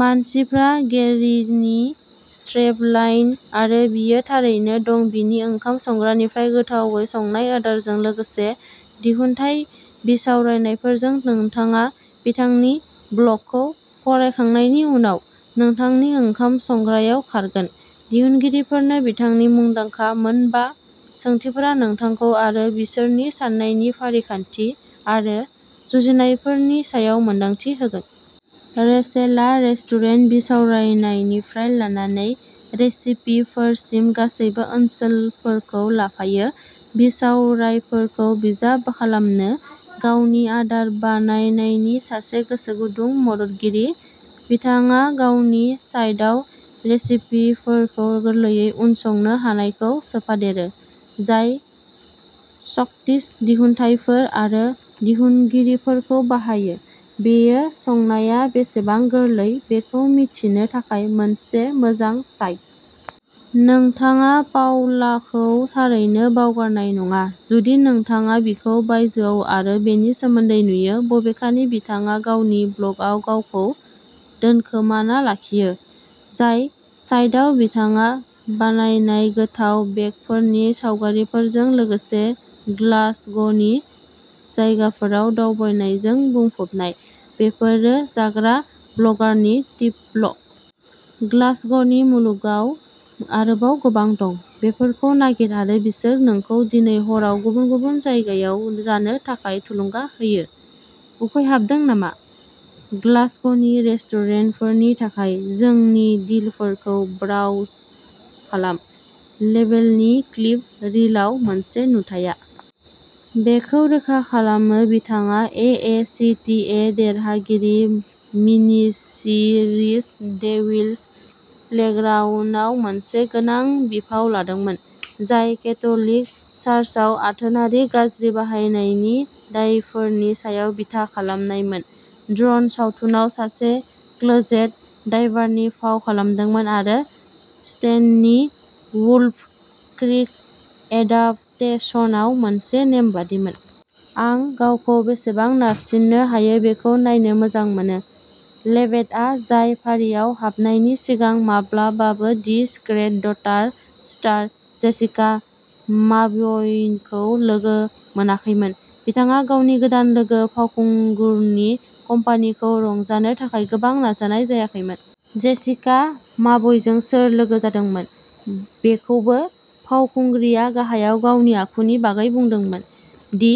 मानसिफ्रा गेरिनि स्ट्रेपलाइन आरो बियो थारैनो दं बिनि ओंखाम संग्रानिफ्राय गोथावै संनाय आदारजों लोगोसे दिहुनथाय बिसावरायनायफोरजों नोंथाङा बिथांनि ब्लगखौ फरायखांनायनि उनाव नोंथांनि ओंखाम संग्रायाव खारगोन। दिहुनगिरिफोरनो बिथांनि मुंदांखा मोन बा सोंथिफोरा नोंथांखौ आरो बिसोरनि साननायनि फारिखान्थि आरो जुजिनायफोरनि सायाव मोनदांथि होगोन। रेचेलआ रेस्टुरेन्ट बिसावरायनायनिफ्राय लानानै रेसिपिफोरसिम गासैबो ओनसोलफोरखौ लाफायो, बिसावरायफोरखौ बिजाब खालामनो। गावनि आदार बानायनायनि सासे गोसोगुदुं मददगिरि, बिथाङा गावनि साइटआव रेसिपिफोरखौ गोरलैयै उनसंनो हानायखौ सोफादेरो, जाय स्कटिस दिहुनथायफोर आरो दिहुनगिरिफोरखौ बाहायो। बेयो संनाया बेसेबां गोरलै बेखौ मिथिनो थाखाय मोनसे मोजां साइट। नोंथाङा पाउलाखौ थारैनो बावगारनाय नङा, जुदि नोंथाङा बिखौ बायजोआव आरो बेनि सोमोन्दै नुयो, बबेखानि बिथाङा गावनि ब्लगआव गावखौ दोनखोमाना लाखियो, जाय साइटआव बिथाङा बानायनाय गोथाव बेकफोरनि सावगारिफोरजों लोगोसे ग्लासग'नि जायगाफोराव दावबायनायजों बुंफबनाय। बेफोरो जाग्रा ब्लगारनि टिपल'। ग्लासग'नि मुलुगाव आरोबाव गोबां दं। बेफोरखौ नागिर आरो बिसोर नोंखौ दिनै हराव गुबुन गुबुन जायगायाव जानो थाखाय थुलुंगा होयो। उखैहाबदों नामा? ग्लासग'नि रेस्टुरेन्टफोरनि थाखाय जोंनि डिलफोरखौ ब्राउज खालाम। लेभेटनि क्लिप रिलआव मोनसे नुथाया बेखौ रोखा खालामो बिथाङा ए ए सि टि ए देरहागिरि मिनिसिरिज डेविल्स प्लेग्राउन्दआव मोनसे गोनां बिफाव लादोंमोन, जाय केथ'लिक चार्चआव आथोनारि गाज्रि बाहायनायनि दायफोरनि सायाव बिथा खालामनायमोन, ड्र'न सावथुनाव सासे क्लोजेट डाइभारनि फाव खालामदोंमोन आरो स्टेननि वुल्फ क्रीक एडाप्टेसनआव मोनसे नेमबादिमोन। आं गावखौ बेसेबां नारसिननो हायो बेखौ नायनो मोजां मोनो लेभेटआ जाय फारिआव हाबनायनि सिगां माब्लाबाबो the secret daughter star Jessica माबयखौ लोगो मोनाखैमोन। बिथाङा गावनि गोदान लोगो फावखुंगुरनि कम्पानीखौ रंजानो थाखाय गोबां नाजानाय जायाखैमोन। जेसिका माबयजों सोर लोगो जादोंमोन, बेखौबो। फावखुंग्रिआ गाहायाव गावनि आखुनि बागै बुंदोंमोन। The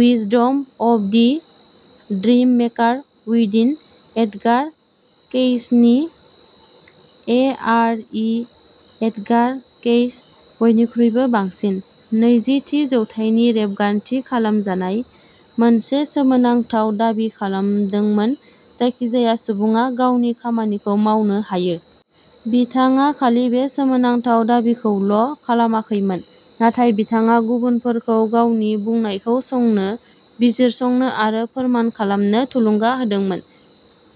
wisdom of the dream maker उइदिन। एडगार केइसनि A R E Edgar Cayce, बयनिख्रुइबो बांसिन। नैजि थि जौथाइनि रेबगान्थि खालामजानाय मोनसे सोमोनांथाव दाबि खालामदोंमोन जायखिजाया सुबुङा गावनि खामानिखौ मावनो हायो। बिथाङा खालि बे सोमोनांथाव दाबिखौल' खालामाखैमोन, नाथाय बिथाङा गुबुनफोरखौ गावनि बुंनायखौ संनो, बिजिरसंनो आरो फोरमान खालामनो थुलुंगा होदोंमोन।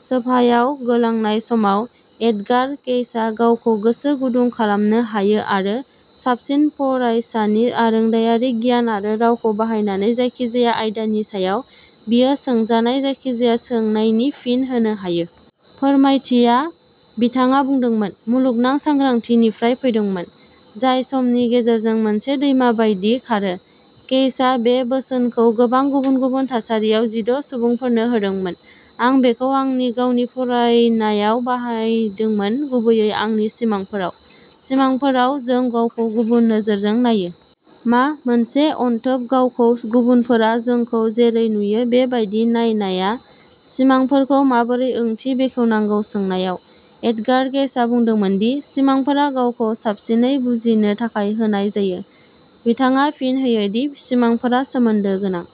सोफायाव गोलांनाय समाव, एडगार केइसआ गावखौ गोसो गुदुं खालामनो हायो आरो साबसिन फरायसानि आरोंदायारि गियान आरो रावखौ बाहायनानै जायखिजाया आयदानि सायाव बियो सोंजानाय जायखिजाया सोंनायनि फिन होनो हायो। फोरमायथिया, बिथाङा बुंदोंमोन, मुलुगनां सांग्रांथि निफ्राय फैदोंमोन, जाय समनि गेजेरजों मोनसे दैमा बायदि खारो। केइसआ बे बोसोनखौ गोबां गुबुन-गुबुन थासारियाव जिद’ सुबुंफोरनो होदोंमोन। आं बेखौ आंनि गावनि फरायनायाव बाहायदोंमोन, गुबैयै आंनि सिमांफोराव। सिमांफोराव, जों गावखौ गुबुन नोजोरजों नायो। मा मोनसे अनथोब गावखौ गुबुनफोरा जोंखौ जेरै नुयो बे बायदि नायनाया। सिमांफोरखौ माबोरै ओंथि बेखेवनांगौ सोंनायाव, एडगार केइसआ बुंदोंमोन दि सिमांफोरा गावखौ साबसिनै बुजिनो थाखाय होनाय जायो। बिथाङा फिन होयो दि सिमांफोरा सोमोन्दो गोनां।